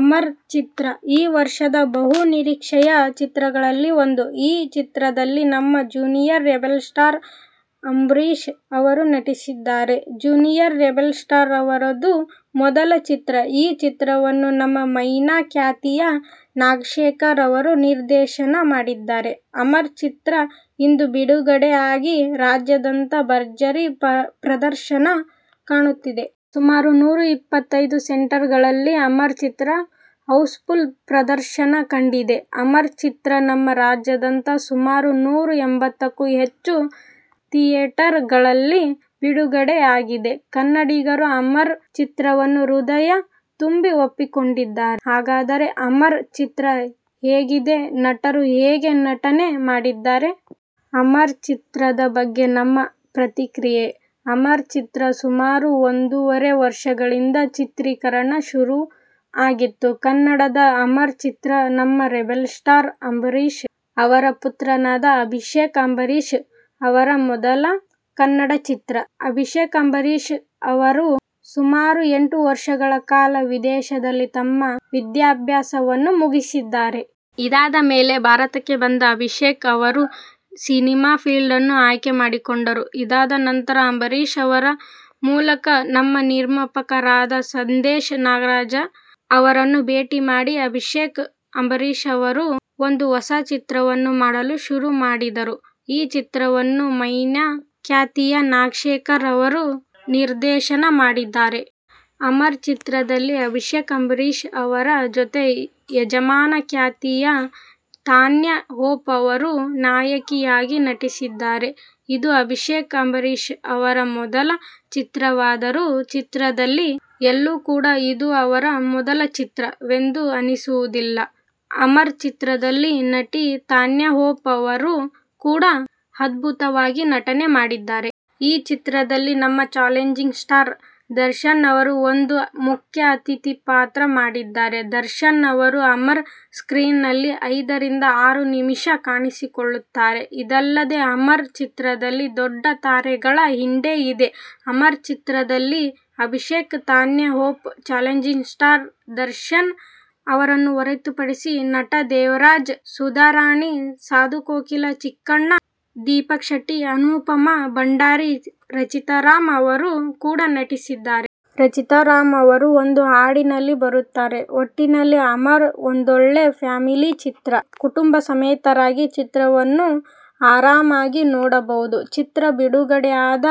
ಅಮರ್ ಚಿತ್ರ ಈ ವರ್ಷದ ಬಹು ನಿರೀಕ್ಷೆಯ ಚಿತ್ರಗಳಲ್ಲಿ ಒಂದು! ಈ ಚಿತ್ರದಲ್ಲಿ ನಮ್ಮ ಜೂನಿಯರ್ ರೆಬೆಲ್ ಸ್ಟಾರ್ ಅಂಬರೀಷ್ ಅವರು ನಟಿಸಿದ್ದಾರೆ. ಜೂನಿಯರ್ ರೆಬೆಲ್ ಸ್ಟಾರ್ ಅವರದ್ದು ಮೊದಲ ಚಿತ್ರ. ಈ ಚಿತ್ರವನ್ನು ನಮ್ಮ ಮೈನಾ ಖ್ಯಾತಿಯ ನಾಗಶೇಖರ್ ಅವರು ನಿರ್ದೇಶನ ಮಾಡಿದ್ದಾರೆ. ಅಮರ್ ಚಿತ್ರ ಇಂದು ಬಿಡುಗಡೆ ಆಗಿ ರಾಜ್ಯಾದ್ಯಂತ ಭರ್ಜರಿ ಪ್ರದರ್ಶನ ಕಾಣುತ್ತಿದೆ. ಸುಮಾರು ನೂರ ಇಪ್ಪತ್ತೈದು ಸೆಂಟರ್ ಗಳಲ್ಲಿ ಅಮರ್ ಚಿತ್ರ ಹೌಸ್ ಫುಲ್ ಪ್ರದರ್ಶನ ಕಂಡಿದೆ. ಅಮರ್ ಚಿತ್ರ ನಮ್ಮ ರಾಜ್ಯಾದ್ಯಂತ ಸುಮಾರು ನೂರ ಎಂಬತ್ತಕ್ಕೂ ಹೆಚ್ಚು ಥಿಯೇಟರ್ ಗಳಲ್ಲಿ ಬಿಡುಗಡೆ ಆಗಿದೆ. ಕನ್ನಡಿಗರು ಅಮರ್ ಚಿತ್ರವನ್ನು ಹೃದಯ ತುಂಬಿ ಒಪ್ಪಿಕೊಂಡಿದ್ದಾರೆ. ಹಾಗಾದ್ರೆ ಅಮರ್ ಚಿತ್ರ ಹೇಗಿದೆ, ನಟರು ಹೇಗೆ ನಟನೆ ಮಾಡಿದ್ದಾರೆ? ಅಮರ್ ಚಿತ್ರದ ಬಗ್ಗೆ ನಮ್ಮ ಪ್ರತಿಕ್ರೆಯೆ! ಅಮರ್ ಚಿತ್ರ ಸುಮಾರು ಒಂದೂವರೆ ವರ್ಷಗಳಿಂದ ಚಿತ್ರೀಕರಣ ಶುರು ಆಗಿತ್ತು. ಕನ್ನಡದ ಅಮರ್ ಚಿತ್ರ, ನಮ್ಮ ರೆಬೆಲ್ ಸ್ಟಾರ್ ಅಂಬರೀಷ್ ಅವರ ಪುತ್ರನಾದ ಅಭಿಷೇಕ್ ಅಂಬರೀಷ್ ಅವರ ಮೊದಲ ಕನ್ನಡ ಚಿತ್ರ. ಅಭಿಷೇಕ್ ಅಂಬರೀಷ್ ಅವರು ಸುಮಾರು ಎಂಟು ವರ್ಷಗಳ ಕಾಲ ವಿದೇಶದಲ್ಲಿ ತಮ್ಮ ವಿದ್ಯಾಭ್ಯಾಸ ವನ್ನು ಮುಗಿಸಿದ್ದಾರೆ. ಇದಾದ ಮೇಲೆ ಭಾರತಕ್ಕೆ ಬಂದ ಅಭಿಷೇಕ್ ಅವರು ಸಿನಿಮಾ ಫೀಲ್ಡನ್ನು ಆಯ್ಕೆ ಮಾಡಿಕೊಂಡರು. ಇದಾದ ನಂತರ ಅಂಬರೀಷ್ ಅವರ ಮೂಲಕ ನಮ್ಮ ನಿರ್ಮಾಪಕರಾದ ಸಂದೇಶ್ ನಾಗರಾಜ್ ಅವರನ್ನು ಭೇಟಿ ಮಾಡಿದ ಅಭಿಷೇಕ್ ಅಂಬರೀಷ್ ಅವರು ಒಂದು ಹೊಸ ಚಿತ್ರವನ್ನು ಮಾಡಲು ಶುರು ಮಾಡಿದರು. ಈ ಚಿತ್ರವನ್ನು ಮೈನಾ ಖ್ಯಾತಿಯ ನಾಗಶೇಖರ್ ಅವರು ನಿರ್ದೇಶನ ಮಾಡಿದ್ದಾರೆ. ಅಮರ್ ಚಿತ್ರದಲ್ಲಿ ಅಭಿಷೇಕ್ ಅಂಬರೀಷ್ ಅವರ ಜೊತೆ, ಯಜಮಾನ ಖ್ಯಾತಿಯ ತಾನ್ಯಾ ಹೋಪ್ ಅವರು ನಾಯಕಿ ಯಾಗಿ ನಟಿಸಿದ್ದಾರೆ. ಇದು ಅಭಿಷೇಕ್ ಅಂಬರೀಷ್ ಅವರ ಮೊದಲ ಚಿತ್ರವಾದರೂ, ಚಿತ್ರದಲ್ಲಿ ಎಲ್ಲೂ ಕೂಡ ಇದು ಅವರ ಮೊದಲ ಚಿತ್ರ ವೆಂದು ಅನಿಸುವುದಿಲ್ಲ ಅಮರ್ ಚಿತ್ರದಲ್ಲಿ ನಟಿ ತಾನ್ಯಾ ಹೋಪ್ ಅವರು ಕೂಡ ಅದ್ಭುತವಾಗಿ ನಟನೆ ಮಾಡಿದ್ದಾರೆ. ಈ ಚಿತ್ರದಲ್ಲಿ ನಮ್ಮ ಚಾಲೆಂಜಿಂಗ್ ಸ್ಟಾರ್ ದರ್ಶನ್ ಅವರು ಒಂದು ಮುಖ್ಯ ಅತಿಥಿ ಪಾತ್ರ ಮಾಡಿದ್ದಾರೆ. ದರ್ಶನ್ ಅವರು ಅಮರ್ ಸ್ಕ್ರೀನ್ ನಲ್ಲಿ ಐದ ರಿಂದ ಆರು ನಿಮಿಷ ಕಾಣಿಸಿಕೊಳ್ಳುತ್ತಾರೆ. ಇದಲ್ಲದೆ ಅಮರ್ ಚಿತ್ರದಲ್ಲಿ ದೊಡ್ಡ ತಾರೆಗಳ ಹಿಂಡೇ ಇದೆ. ಅಮರ್ ಚಿತ್ರದಲ್ಲಿ Abhishek, Tanya Hope, challenging star Darshan ಅವರನ್ನು ಹೊರೆತುಪಡಿಸಿ ನಟ ದೇವರಾಜ್, ಸುಧಾ ರಾಣಿ, ಸಾಧು ಕೋಕಿಲ, ಚಿಕ್ಕಣ್ಣ, ದೀಪಕ್ ಶೆಟ್ಟಿ, ಅನೂಪ್ ಭಂಡಾರಿ, ರಚಿತಾ ರಾಮ್ ಅವರು ಕೂಡ ನಟಿಸಿದ್ದಾರೆ. ರಚಿತಾ ರಾಮ್ ಅವರು ಒಂದು ಹಾಡಿನಲ್ಲಿ ಬರುತ್ತಾರೆ. ಒಟ್ಟಿನಲ್ಲಿ ಅಮರ್ ಒಂದೊಳ್ಳೆ ಫ್ಯಾಮಿಲಿ ಚಿತ್ರ. ಕುಟುಂಬಸಮೇತರಾಗಿ ಚಿತ್ರವನ್ನು ಆರಾಮಾಗಿ ನೋಡಬಹುದು. ಚಿತ್ರ ಬಿಡುಗಡೆ ಆದ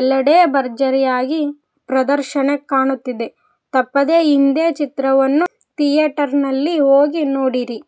ಎಲ್ಲೆಡೆ ಭರ್ಜರಿ ಆಗಿ ಪ್ರದರ್ಶನ ಕಾಣುತ್ತಿದೆ! ತಪ್ಪದೆ ಇಂದೇ ಚಿತ್ರವನ್ನು ಥಿಯೇಟರ್ ನಲ್ಲಿ ಹೋಗಿ ನೋಡಿರಿ!